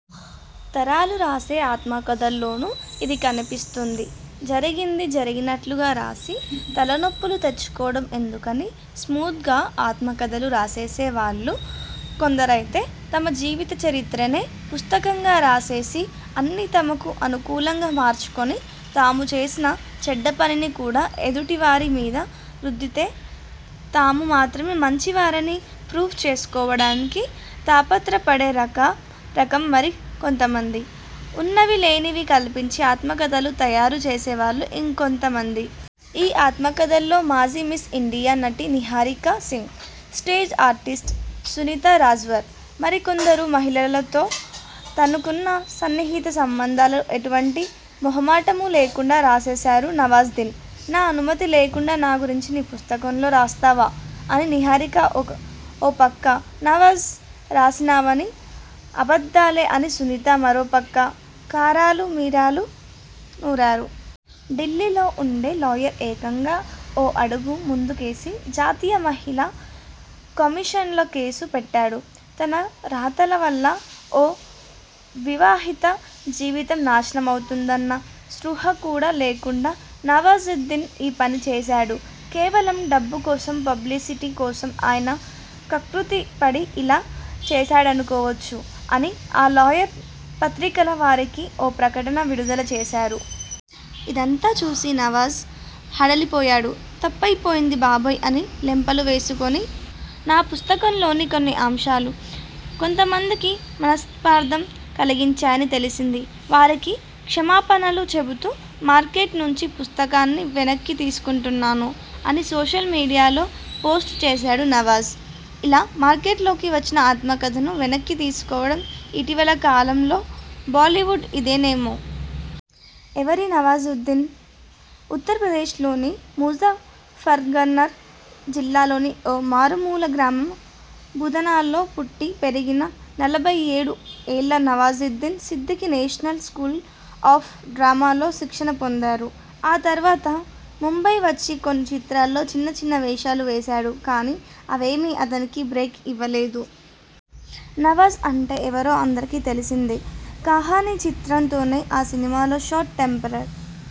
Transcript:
తారలు రాసే ఆత్మకథల్లోనూ ఇది కనిపిస్తుంది. జరిగింది జరిగినట్లుగా రాసి, తలనొప్పులు తెచ్చుకోవడం ఎందుకని స్మూత్గా ఆత్మకథలు రాసేసే వాళ్లు కొందరైతే, తమ జీవితచరిత్రనే పుస్తకంగా రాసేసి, అన్నీ తమకు అనుకూలంగా మార్చుకొని, తాము చేసిన చెడ్డపనిని కూడా ఎదుటివారి మీద రుద్దేసి తాము మాత్రమే మంచివారని ప్రూవ్ చేసుకోవడానికి తాపత్ర పడే రక రకం మరి కొంతమంది, ఉన్నవీ లేనివీ కల్పించి ఆత్మకథలు తయారు చేసేవాళ్లు ఇంకొంత మంది. ఈ ఆత్మకథలో మాజీ మిస్ ఇండియా, నటి నిహారికా సింగ్, స్టేజ్ ఆర్టిస్ట్ సునీతా రాజ్వర్, మరికొందరు మహిళలతో తనకున్న సన్నిహిత సంబంధాలను ఎటువంటి మొహమాటమూ లేకుండా రాసేశారు నవాజుద్దీన్. 'నా అనుమతి లేకుండా నా గురించి నీ పుస్తకంలో రాస్తావా? ' అని నిహారిక ఓ పక్క, 'నవాజ్ రాసినవన్నీ అబద్ధాలే' అని సునీత మరో పక్క కారాలూ మిరియాలూ నూరారు., ఢిల్లీలో ఉండే లాయర్ ఏకంగా ఓ అడుగు ముందుకేసి జాతీయ మహిళా కమిషన్లో కేసు పెట్టాడు. ' తన రాతల వల్ల ఓ వివాహిత జీవితం నాశనమవుతుందన్న స్పృహ కూడా లేకుండా నవాజుద్దీన్ ఈ పని చేశాడు. కేవలం డబ్బు కోసం, పబ్లిసిటీ కోసం ఆయన కక్కుర్తి పడి ఇలా చేశాడనుకోవచ్చు' అని ఆ లాయర్ పత్రికల వారికీ ఓ ప్రకటన విడుదల చేశారు. ఇదంతా చూసి నవాజ్ హడలిపోయాడు. 'తప్పయిపోయింది బాబోయ్' అని లెంపలు వేసుకొని ' నా పుస్తకంలోని కొన్ని అంశాలు. కొంతమందికి మనస్థాపం కలిగించాయని తెలిసింది. వారికి క్షమాపణలు చెబుతూ మార్కెట్ నుంచి పుస్తకాన్ని వెనక్కి తీసుకొంటున్నాను' అని సోషల్ మీడియాలో పోస్ట్ చేశాడు నవాజ్. ఇలా మార్కెట్లోకి వచ్చిన ఆత్మకథను వెనక్కి తీసుకోవడం ఇటీవలి కాలంలో బాలీవుడ్ ఇదేనేమో! ఎవరీ నవాజుద్దీన్? ఉత్తరప్రదేశ్లోని ముజ ఫర్నగర్ జిల్లాలోని ఓ మారుమూల గ్రామం బుధానాలో పుట్టి పెరిగిన నలభై మూడు ఏళ్ల Nawazuddin Siddiqui national school of డ్రామాలో శిక్షణ పొందారు. ఆ తర్వాత ముంబై వచ్చి కొన్ని చిత్రాల్లో చిన్న చిన్న వేషాలు వేశాడు కానీ అవేమీ అతనికి బ్రేక్ ఇవ్వలేదు. నవాజ్ అంటే ఎవరో అందరికీ తెలిసింది 'కహానీ' చిత్రంతోనే ఆ సినిమాలో షార్ట్ టెంపరర్